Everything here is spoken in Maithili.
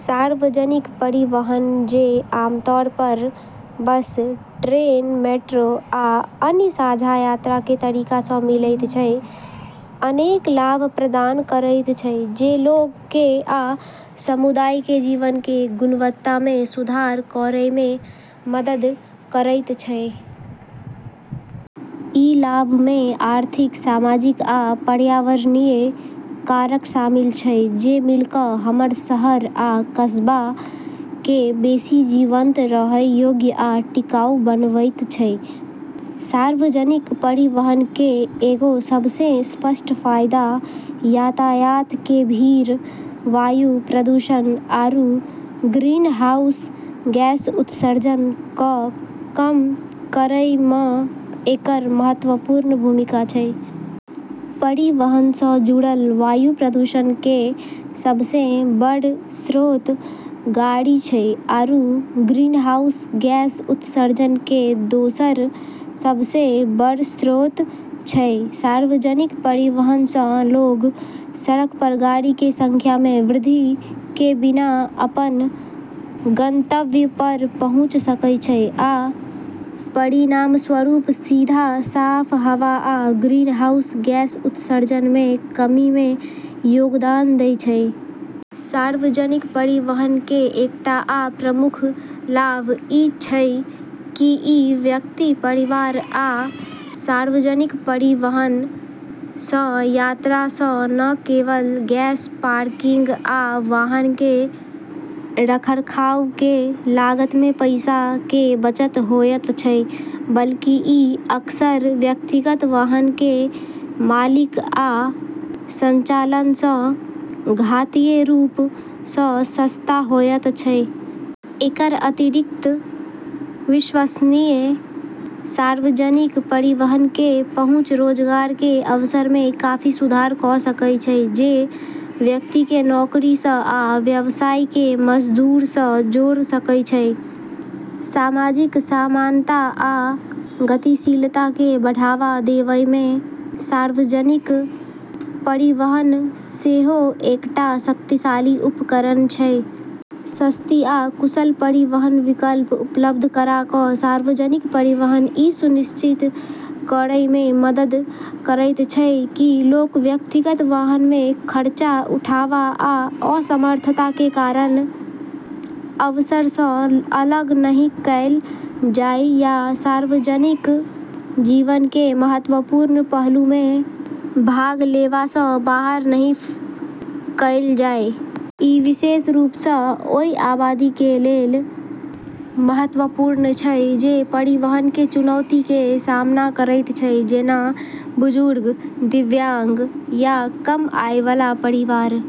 सार्वजनिक परिवहन, जे आमतौर पर बस, ट्रेन, मेट्रो, आ अन्य साझा यात्रा के तरीका सँ मिलैत छै, अनेक लाभ प्रदान करैत छै जे लोग के आ समुदाय के जीवन के गुणवत्ता मे सुधार करय मे मदद करैत छै। ई लाभ मे आर्थिक, सामाजिक आ पर्यावरणीय कारक शामिल छै जे मिल कऽ हमर शहर आ कस्बा के बेसि जीवंत, रहय योग्य आ टिकाऊ बनवैत छै। सार्वजनिक परिवहन के एगो सबसें स्पष्ट फायदा यातायात के भीड़, वायु प्रदूषण, आरू ग्रीनहाउस गैस उत्सर्जन क॑ कम करै म॑ एकर महत्वपूर्ण भूमिका छै। परिवहन सँ जुड़ल वायु प्रदूषण के सबसें बड़ऽ स्रोत गाड़ी छै आरू ग्रीनहाउस गैस उत्सर्जन के दोसरऽ सबसें बड़ऽ स्रोत छै। सार्वजनिक परिवहन सँ लोग सड़क पर गाड़ी के संख्या मे वृद्धि के बिना अपन गंतव्य पर पहुँच सकय छै आ परिणामस्वरूप, सीधा साफ हवा आ ग्रीनहाउस गैस उत्सर्जन मे कमी मे योगदान दै छै। सार्वजनिक परिवहन के एकटा आ प्रमुख लाभ ई छै की ई व्यक्ति, परिवार आ व्यवसाय के लेल काफी लागत मे बचत करैत छै। सार्वजनिक परिवहन सँ यात्रा सँ न केवल गैस, पार्किंग, आ वाहन के रखरखाव के लागत मे पैसा के बचत होयत छै, बल्कि ई अक्सर व्यक्तिगत वाहन के मालिक आ संचालन सँ घातीय रूप सँ सस्ता होयत छै। एकर अतिरिक्त, विश्वसनीय सार्वजनिक परिवहन के पहुँच रोजगार के अवसर मे काफी सुधार कऽ सकय छै, जे व्यक्ति के नौकरी सँ आ व्यवसाय के मजदूर सँ जोड़ सकय छै। सामाजिक समानता आ गतिशीलता के बढ़ावा देवय मे सार्वजनिक परिवहन सेहो एकटा शक्तिशाली उपकरण छै। सस्ती आ कुशल परिवहन विकल्प उपलब्ध करा कऽ सार्वजनिक परिवहन ई सुनिश्चित करय मे मदद करैत छै की लोग व्यक्तिगत वाहन के खर्चा उठावा मे असमर्थता के कारण अवसर सँ अलग नहि कैल जाइ या सार्वजनिक जीवन के महत्वपूर्ण पहलू मे भाग लेवा सँ बाहर नहि कैल जाइ। ई विशेष रूप सँ ओय आबादी के लेल महत्वपूर्ण छै जे परिवहन के चुनौती के सामना करैत छै, जेना बुजुर्ग, दिव्यांग, या कम आय वाला परिवार।